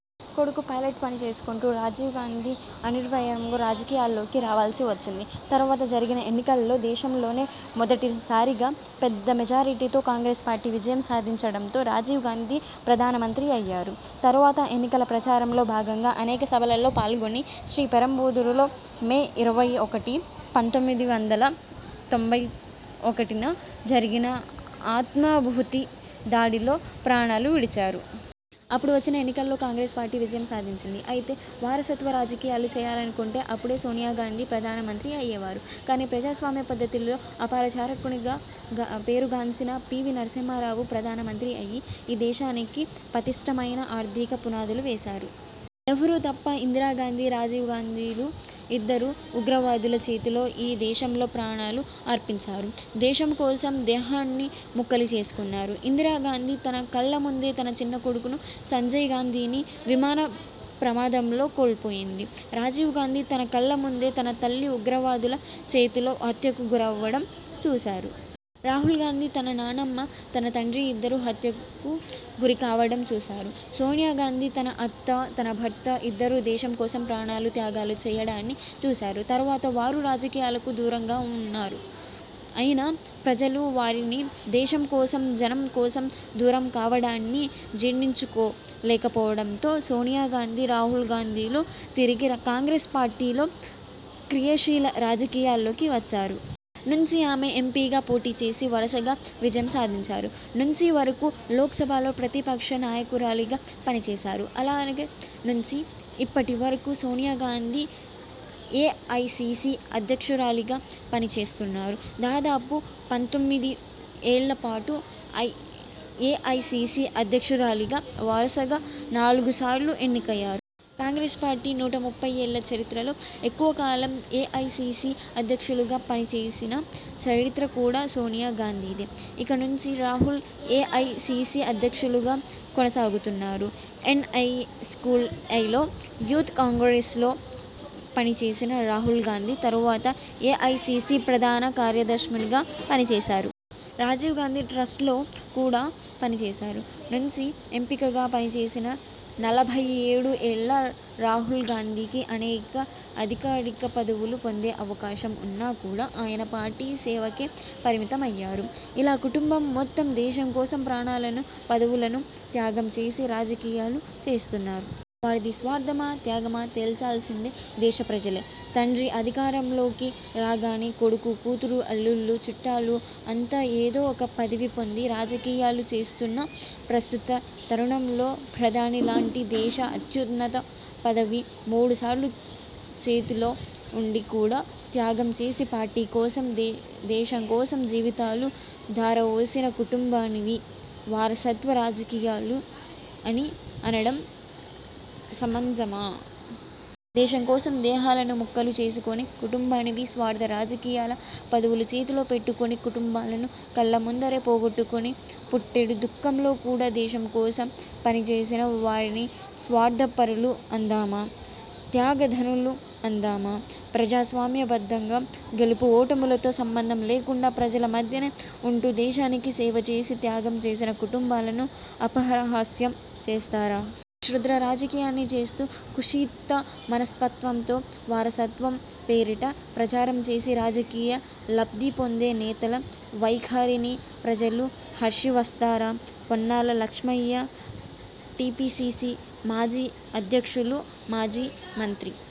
కొడుకు పైలట్గా పని చేసుకుంటున్న రాజీవ్ గాందీ అనివార్యంగా రాజకీయాల్లోకి రావాల్సి వచ్చింది. తరువాత జరిగిన ఎన్నికలలో దేశంలోనే మొదటి సారిగా పెద్ద మెజారిటీతో కాంగ్రెస్ పార్టీ విజయం సాధించడంతో రాజీవ్ గాంధీ ప్రధాన మంత్రి అయ్యారు. తరువాత ఎన్నికల ప్రచారంలో భాగంగా అనేక సభలలో పాల్గొని శ్రీ పెరంబదూరులో మే ఇరవై ఒకటి, పంతొమ్మిది వందల తొంభై ఒకటిన జరిగిన ఆత్మాహుతి దాడిలో ప్రాణాలు విడిచారు. అప్పుడు వచ్చిన ఎన్నికల్లో కాంగ్రెస్ పార్టీ విజయం సాధించింది. అయితే వారసత్వ రాజకీయాలు చేయాలనుకుంటే అప్పడే సోనియ గాంధీ ప్రధాన మంత్రి అయ్యేవారు కానీ ప్రజాస్వామ్య పద్ధతిలో అపర చాణిక్యుడిగా పేరు గాంచిన పి. వి నరసింహారావు ప్రధాన మంత్రి అయి ఈ దేశానికి పటిష్ఠమైన ఆర్థిక పునాదులు వేశారు. నెహ్రూ తప్ప ఇందిరా గాంధీ, రాజీవ్ గాంధీలు ఇద్దరు ఉగ్రవాదుల చేతిలో ఈ దేశంలో ప్రాణాలు అర్పించారు. దేశం కోసం దేహాన్ని ముక్కలు చేసుకున్నారు. ఇందిరా గాంధీ తన కళ్ల ముందే తన చిన్నకొడుకు సంజయ్ గాంధీనీ విమాన ప్రమాదంలో కోల్పోయింది. రాజీవ్ గాంధీ తన కళ్ళ ముందే తన తల్లి ఉగ్రవాదుల చేతిలో హత్యకు గురికావడం చూశారు. రాహుల్ గాంధీ తన నానమ్మ, తన తండ్రి ఇద్దరు హత్యలకు గురి కావడం చూశారు. సోనియ గాంధీ తన అత్త, తన భర్త ఇద్దరు దేశం కోసం ప్రాణ త్యాగాలు చేయడాన్ని చూశారు. తరువాత వారు రాజకీయాలకు దూరంగా ఉన్నారు. అయినా, ప్రజలు వారిని దేశం నుంచి జనం నుంచి దూరం కావడాన్ని జీర్ఱించుకో లేకపోవడంతో సోనియ గాంధీ, రాహుల్ గాంధీలు తిరిగి కాంగ్రెస్ పార్టీలో క్రియాశీల రాజకీయాల్లోకి వచ్చారు. నుంచి ఆమె ఎంపీగా పోటీ చేసి వరసగా విజయం సాధించారు. నుంచి వరకు లోక్సభలో ప్రతిపక్ష నాయకురాలిగా పనిచేశారు. అలాగే నుంచి ఇప్పటి వరకు సోనియ గాంధీ ఏఐసీసీ అధ్యక్షురాలిగా పని చేస్తున్నారు. దాదాపు పంతొమ్మిది ఏళ్ళ పాటు ఏఐసీసీ అధ్యక్షు రాలిగా వరసగా నాలుగు సార్లు ఎన్నికయ్యారు. కాంగ్రెస్ పార్టీ నూట ముప్పై ఏళ్ళ చరిత్రలో ఎక్కువ కాలం ఏఐసీసీ అధ్యక్షులుగా పని చేసిన చరిత్ర కూడా సోనియ గాంధీదే. ఇక నుంచి రాహుల్ ఏఐసీసీ ఉపాధ్యక్షులుగా కొనసాగుతున్నారు. ఎన్ఎస్యూఐలో, యూత్ కాంగ్రెస్లో పనిచేసిన రాహుల్ గాంధీ, తరువాత ఏఐసీసీ ప్రధాన కార్యదర్శిగా పనిచేశారు. రాజీవ్ గాంధీ ట్రస్ట్లో కూడా పని చేశారు. నుంచి ఎంపీగా పనిచేసిన నలభై ఏడు ఏళ్ళ రాహుల్ గాంధీకి అనేక అధికారిక పదవులు పొందే అవకాశం ఉన్నా కూడా ఆయన పార్టీ సేవకే పరిమితమయ్యారు. ఇలా కుటంబం మొత్తం దేశం కోసం ప్రాణాలను, పదవులను త్యాగం చేసి రాజకీయాలు చేస్తున్నారు. వారిది స్వార్థమా, త్యాగమా, తేల్చాల్సిందే దేశ ప్రజలే. తండ్రి అధికారం లోకి రాగానే కొడుకు, కూతురు, అల్లుళ్ళు, చుట్టాలు అంతా ఏదో ఒక పదవి పొంది రాజకీయాలు చేస్తున్న ప్రస్తుత తరుణంలో ప్రధాని లాంటి దేశ అత్యున్నత పదవి మూడు సార్లు చేతిలో ఉండి కూడా త్యాగం చేసి పార్టీ కోసం, దేశం కోసం జీవితాలు ధారవోసిన కుటుంబానివి వారసత్వ రాజకీయాలు అని అనడం సమంజసమా? దేశం కోసం దేహాలను ముక్కలు చేసుకొన్న కుటుంబానివి స్వార్థ రాజకీయాలా? పదవులు చేతిలో పెట్టుకొని కుటుంబాలను కళ్ళ ముందరే పోగొట్టుకొని పుట్టెడు దుఃఖంలో కూడా దేశం కోసం పనిచేసిన వారిని స్వార్థ పరులు అందామా.. త్యాగధనులు అందామా? ప్రజాస్వామ్య బద్దంగా గెలుపు ఓటములతో సంబంధం లేకుండా ప్రజల మధ్యనే ఉంటూ దేశానికి సేవచేసి, త్యాగం చేసిన కుటుంబాలను అపహాస్యం చేస్తారా? క్షుద్ర రాజకీయాలు చేస్తూ కుత్సిత మనస్తత్వంతో వారసత్వం పేరిట ప్రచారం చేసి రాజకీయ లబ్ధి పొందే నేతల వైఖరిని ప్రజలు హర్షిస్తారా? పొన్నాల లక్ష్మయ్య టీపీసీసీ మాజీ అధ్యక్షులు, మాజీ మంత్రి